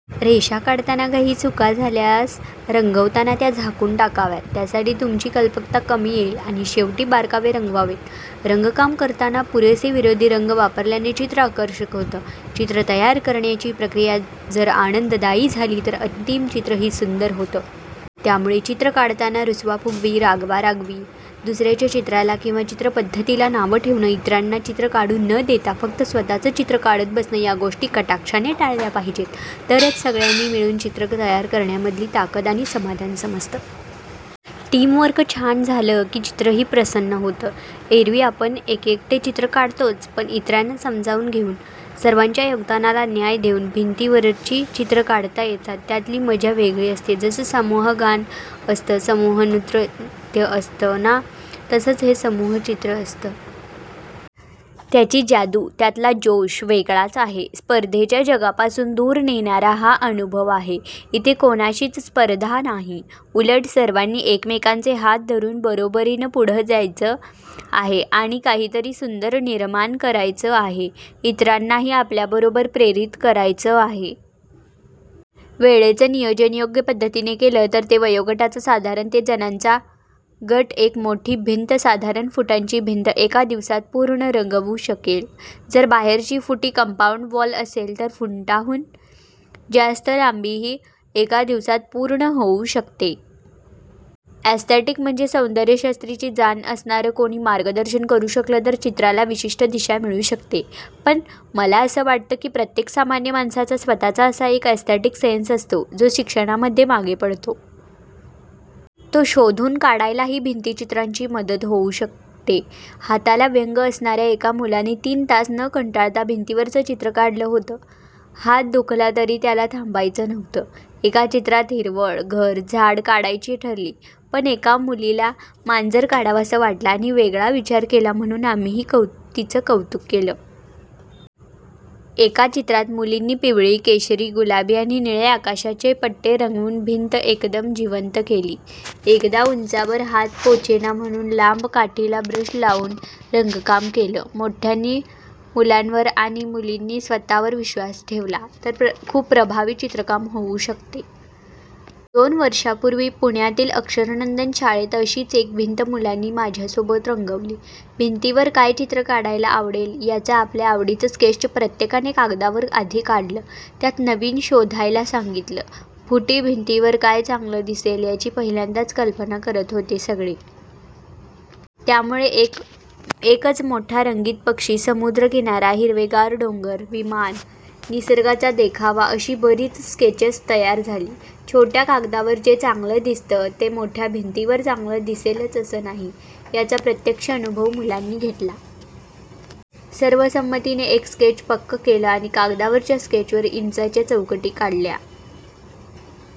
रेषा काढताना काही चुका झाल्यास रंगवताना त्या झाकून टाकाव्यात. यासाठी तुमची कल्पकता कामी येईल. आणि शेवटी बारकावे रंगवावेत. रंगकाम करताना पुरेसे विरोधी रंग वापरल्याने चित्र आकर्षक होतं. चित्र तयार करण्याची प्रक्रिया जर आनंददायी झाली तर अंतिम चित्रही सुंदर होतं. त्यामुळे चित्र काढताना रुसवाफुगावी, रागवारागवी, दुसऱ्याच्या चित्राला किंवा चित्रपद्धतीला नावं ठेवणं, इतरांना चित्र काढू न देता फक्त स्वतःच चित्र काढत बसणं या गोष्टी कटाक्षाने टाळल्या पाहिजेत. तरच सगळ्यांनी मिळून चित्र तयार करण्यामधली ताकद आणि समाधान समजतं. टीमवर्क छान झालं की चित्रंही प्रसन्न होतं. एरवी आपण एकेकटे चित्र काढतोच, पण इतरांना सामावून घेऊन, सर्वांच्या योगदानाला न्याय देऊन भिंतीवरची चित्र काढता येतात. त्यातली मजा वेगळी असते. जसं समूहगान असतं, समूहनृत्य असतं ना, तसंच हे समूहचित्र असतं. त्याची जादू, त्यातला जोष वेगळाच आहे. स्पर्धेच्या जगापासून दूर नेणारा हा अनुभव आहे. इथे कोणाशीच स्पर्धा नाही. उलट सर्वांनी एकमेकांचे हात धरून बरोबरीनं पुढे जायचं आहे आणि काहीतरी सुंदर निर्माण करायचं आहे. इतरांनाही आपल्याबरोबर प्रेरित करायचं आहे. वेळेचं नियोजन योग्य पद्धतीने केलं तर ते वयोगटाचा साधारण ते जणांचा गट एक मोठी भिंत- साधारण फूटांची भिंत, एका दिवसात पूर्ण रंगवू शकेल. जर बाहेरची फुटी कंपाउंड वॉल असेल तर फुटांहून जास्त लांबीही एका दिवसात पूर्ण होऊ शकते. एस्थेटिक म्हणजे सौंदर्यशास्त्राची जाण असणारं कोणी मार्गदर्शन करु शकलं तर चित्राला विशिष्ट दिशा मिळू शकते. पण मला असं वाटतं की प्रत्येक सामान्य माणसाचा स्वतःचा असा एक एस्थेटिक सेन्स असतो, जो शिक्षणामध्ये मागे पडतो. तो शोधून काढायलाही भित्तीचित्रांची मदत होऊ शकते. हाताला व्यंग असणाऱ्या एका मुलानी तीन तास न कंटाळता भिंतीवरचं चित्र काढलं होतं. हात दुखला तरी त्याला थांबायचं नव्हतं. एका चित्रात हिरवळ, घर, झाडं काढायची ठरली, पण एका मुलीला मांजर काढावसं वाटलं आणि वेगळा विचार केला म्हणून आम्हीही तिचं कौतुक केलं. एका चित्रात मुलींनी पिवळे, केशरी, गुलाबी आणि निळे आकाशाचे पट्टे रंगवून भिंत एकदम जिवंत केली. एकदा उंचावर हात पोचेना म्हणून लांब काठीला ब्रश लावून रंगकाम केलं. मोठ्यांनी मुलांवर आणि मुलांनी स्वतःवर विश्वास ठेवला, तर खूप प्रभावी चित्रकाम होऊ शकतं. दोन वर्षांपूर्वी पुण्यातील'अक्षरनंदन' शाळेत अशीच एक भिंत मुलांनी माझ्यासोबत रंगवली. भिंतीवर काय चित्र काढायला आवडेल याचं आपल्या आवडीचं स्केच प्रत्येकाने कागदावर आधी काढलं. त्यात नवीन शोधायला सांगितली. फुटी भिंतीवर काय चांगलं दिसेल याची पहिल्यांदाच कल्पना करत होते सगळे. त्यामुळे एकच मोठा रंगीत पक्षी, समुद्र किनारा, हिरवेगार डोंगर, विमान, निसर्गाचा देखावा अशी बरीच स्केचेस तयार झाली. छोट्या कागदावर जे चांगलं दिसतं ते मोठ्या भिंतीवर चांगलं दिसेलच असं नाही, याचा प्रत्यक्ष अनुभव मुलांनी घेतला. सर्वसंमतीने एक स्केच पक्कं केलं आणि कागदावरच्या स्केचवर इंचाच्या चौकटी काढल्या.